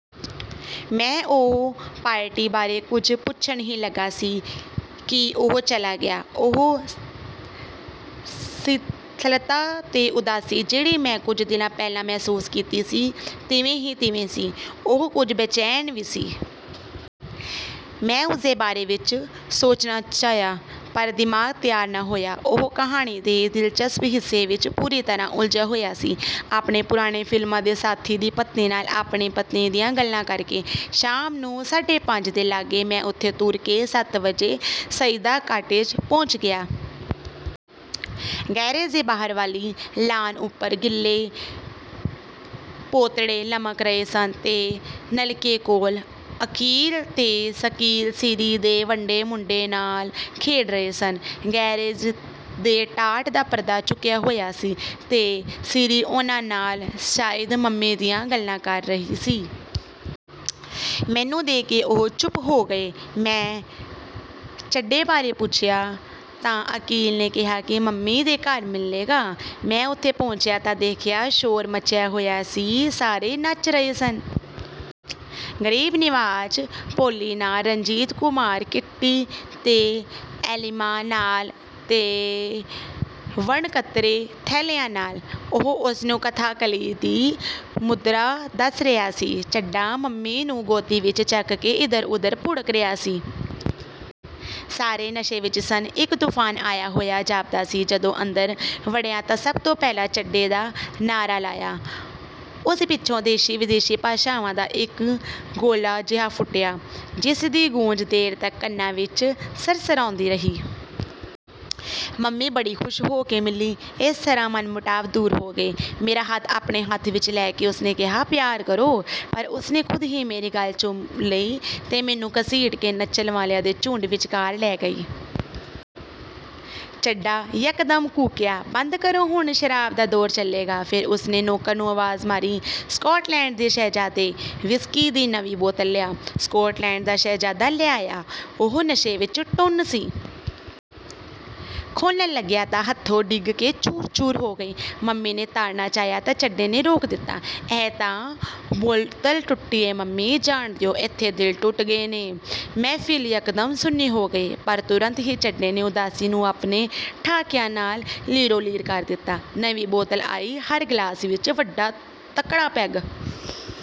ਮੈਂ ਉਹ ਪਾਰਟੀ ਬਾਰੇ ਕੁਝ ਪੁੱਛਣ ਹੀ ਲੱਗਾ ਸਾਂ ਕਿ ਉਹ ਚਲਾ ਗਿਆ। ਉਹ ਸਿੱਥਲਤਾ ਤੇ ਉਦਾਸੀ ਜਿਹੜੀ ਮੈਂ ਕੁਝ ਦਿਨਾ ਪਹਿਲਾਂ ਮਹਿਸੂਸ ਕੀਤੀ ਸੀ, ਤਿਵੇਂ ਹੀ ਤਿਵੇਂ ਸੀ। ਉਹ ਕੁਝ ਬੇਚੈਨ ਵੀ ਸੀ। ਮੈਂ ਉਸਦੇ ਬਾਰੇ ਵਿਚ ਸੋਚਣਾ ਚਾਹਿਆ, ਪਰ ਦਿਮਾਗ ਤਿਆਰ ਨਾ ਹੋਇਆ। ਉਹ ਕਹਾਣੀ ਦੇ ਦਿਲਚਸਪ ਹਿੱਸੇ ਵਿਚ ਪੂਰੀ ਤਰ੍ਹਾਂ ਉਲਝਿਆ ਹੋਇਆ ਸੀ। ਆਪਣੇ ਪੁਰਾਣੇ ਫਿਲਮਾਂ ਦੇ ਸਾਥੀ ਦੀ ਪਤਨੀ ਨਾਲ ਆਪਣੀ ਪਤਨੀ ਦੀਆਂ ਗੱਲਾਂ ਕਰਕੇ ਸ਼ਾਮ ਨੂੰ ਸਾਢੇ ਪੰਜ ਦੇ ਲਾਗੇ ਮੈਂ ਉੱਥੋਂ ਤੁਰ ਕੇ ਸੱਤ ਵਜੇ ਸਈਦਾ ਕਾਟੇਜ ਪਹੁੰਚ ਗਿਆ। ਗੈਰੇਜ ਦੇ ਬਾਹਰ ਵਾਲੀ ਲਾਅਨ ਉਪਰ ਗਿੱਲੇ ਪੋਤੜੇ ਲਮਕ ਰਹੇ ਸਨ ਤੇ ਨਲਕੇ ਕੋਲ ਅਕੀਰ ਤੇ ਸਕੀਲ ਸੀਰੀਂ ਦੇ ਵੰਡੇ ਮੁੰਡੇ ਨਾਲ ਖੇਡ ਰਹੇ ਸਨ। ਗੈਰੇਜ ਦੇ ਟਾਟ ਦਾ ਪਰਦਾ ਚੁੱਕਿਆ ਹੋਇਆ ਸੀ ਤੇ ਸੀਰੀਂ ਉਹਨਾਂ ਨਾਲ ਸ਼ਾਇਦ ਮੰਮੀ ਦੀਆਂ ਗੱਲਾਂ ਕਰ ਰਹੀ ਸੀ। ਮੈਨੂੰ ਦੇਖ ਕੇ ਉਹ ਚੁੱਪ ਹੋ ਗਏ। ਮੈਂ ਚੱਡੇ ਬਾਰੇ ਪੁੱਛਿਆ ਤਾਂ ਅਕੀਲ ਨੇ ਕਿਹਾ ਕਿ ਮੰਮੀ ਦੇ ਘਰ ਮਿਲੇਗਾ। ਮੈਂ ਉੱਥੇ ਪਹੁੰਚਿਆ ਤਾਂ ਦੇਖਿਆ, ਸ਼ੋਰ ਮੱਚਿਆ ਹੋਇਆ ਸੀ ਸਾਰੇ ਨੱਚ ਰਹੇ ਸਨ। ਗਰੀਬ ਨਿਵਾਜ ਪੋਲੀ ਨਾਲ, ਰਣਜੀਤ ਕੁਮਾਰ ਕਿੱਟੀ ਤੇ ਐਲਿਮਾ ਨਾਲ ਤੇ ਵਣਕਤਰੇ ਥੈਲਿਆ ਨਾਲ। ਉਹ ਉਸਨੂੰ ਕਥਾ ਕਲੀ ਦੀ ਮੁਦਰਾ ਦਸ ਰਿਹਾ ਸੀ। ਚੱਡਾ ਮੰਮੀ ਨੂੰ ਗੋਦੀ ਵਿਚ ਚੁੱਕ ਕੇ ਇਧਰ-ਉਧਰ ਭੁੜਕ ਰਿਹਾ ਸੀ। ਸਾਰੇ ਨਸ਼ੇ ਵਿਚ ਸਨ। ਇਕ ਤੂਫਾਨ ਆਇਆ ਹੋਇਆ ਜਾਪਦਾ ਸੀ। ਜਦੋਂ ਅੰਦਰ ਵੜਿਆ ਤਾਂ ਸਭ ਤੋਂ ਪਹਿਲਾਂ ਚੱਡੇ ਦਾ ਨਾਅਰਾ ਲਾਇਆ। ਉਸ ਪਿੱਛੋਂ ਦੇਸੀ ਵਿਦੇਸ਼ੀ ਭਾਸ਼ਾਵਾਂ ਦਾ ਇਕ ਗੋਲਾ ਜਿਹਾ ਫੁੱਟਿਆ, ਜਿਸ ਦੀ ਗੂੰਜ ਦੇਰ ਤਕ ਕੰਨਾਂ ਵਿਚ ਸਰਸਰਾਉਂਦੀ ਰਹੀ। ਮੰਮੀ ਬੜੀ ਖੁਸ਼ ਹੋ ਕੇ ਮਿਲੀ। ਇਸ ਤਰ੍ਹਾਂ ਮਨਮਟਾਵ ਦੂਰ ਹੋ ਗਏ। ਮੇਰਾ ਹੱਥ ਆਪਣੇ ਹੱਥ ਵਿਚ ਲੈ ਕੇ ਉਸਨੇ ਕਿਹਾ, ਪਿਆਰ ਕਰੋ! " ਪਰ ਉਸਨੇ ਖ਼ੁਦ ਹੀ ਮੇਰੀ ਗੱਲ੍ਹ ਚੁੰਮ ਲਈ ਤੇ ਮੈਨੂੰ ਘਸੀਟ ਕੇ ਨੱਚਣ ਵਾਲਿਆਂ ਦੇ ਝੂੰਡ ਵਿਚਕਾਰ ਲੈ ਗਈ। ਚੱਡਾ ਯਕਦਮ ਕੂਕਿਆ, "ਬੰਦ ਕਰੋ ਹੁਣ ਸ਼ਰਾਬ ਦਾ ਦੌਰ ਚੱਲੇਗਾ! " ਫੇਰ ਉਸਨੇ ਨੌਕਰ ਨੂੰ ਆਵਾਜ਼ ਮਾਰੀ, "ਸਕਾਟਲੈਂਡ ਦੇ ਸ਼ਹਿਜ਼ਾਦੇ! ਵਿਸਕੀ ਦੀ ਨਵੀਂ ਬੋਤਲ ਲਿਆ! " ਸਕਾਟਲੈਂਡ ਦਾ ਸ਼ਹਿਜ਼ਾਦਾ ਲੈ ਆਇਆ। ਉਹ ਨਸ਼ੇ ਵਿਚ ਟੁੰਨ ਸੀ। ਖੋਹਲਣ ਲੱਗਿਆ ਤਾਂ ਹੱਥੋਂ ਡਿੱਗੀ ਤੇ ਚੂਰ-ਚੂਰ ਹੋ ਗਈ। ਮੰਮੀ ਨੇ ਤਾੜਨਾਂ ਚਾਹਿਆ ਤਾਂ ਚੱਡੇ ਨੇ ਰੋਕ ਦਿੱਤਾ, "ਇਹ ਤਾਂ ਬੋਤਲ ਟੁੱਟੀ ਏ ਮੰਮੀ, ਜਾਣ ਦਿਓ, ਏਥੇ ਦਿਲ ਟੁੱਟ ਗਏ ਨੇ। " ਮਹਿਫ਼ਿਲ ਯਕਦਮ ਸੁੰਨੀ ਹੋ ਗਈ, ਪਰ ਤੁਰੰਤ ਹੀ ਚੱਡੇ ਨੇ ਉਦਾਸੀ ਨੂੰ ਆਪਣੇ ਠਹਾਕਿਆਂ ਨਾਲ ਲੀਰੋ-ਲੀਰ ਕਰ ਦਿੱਤਾ। ਨਵੀਂ ਬੋਤਲ ਆਈ। ਹਰ ਗਲਾਸ ਵਿਚ ਵੱਡਾ ਤਕੜਾ ਪੈਗ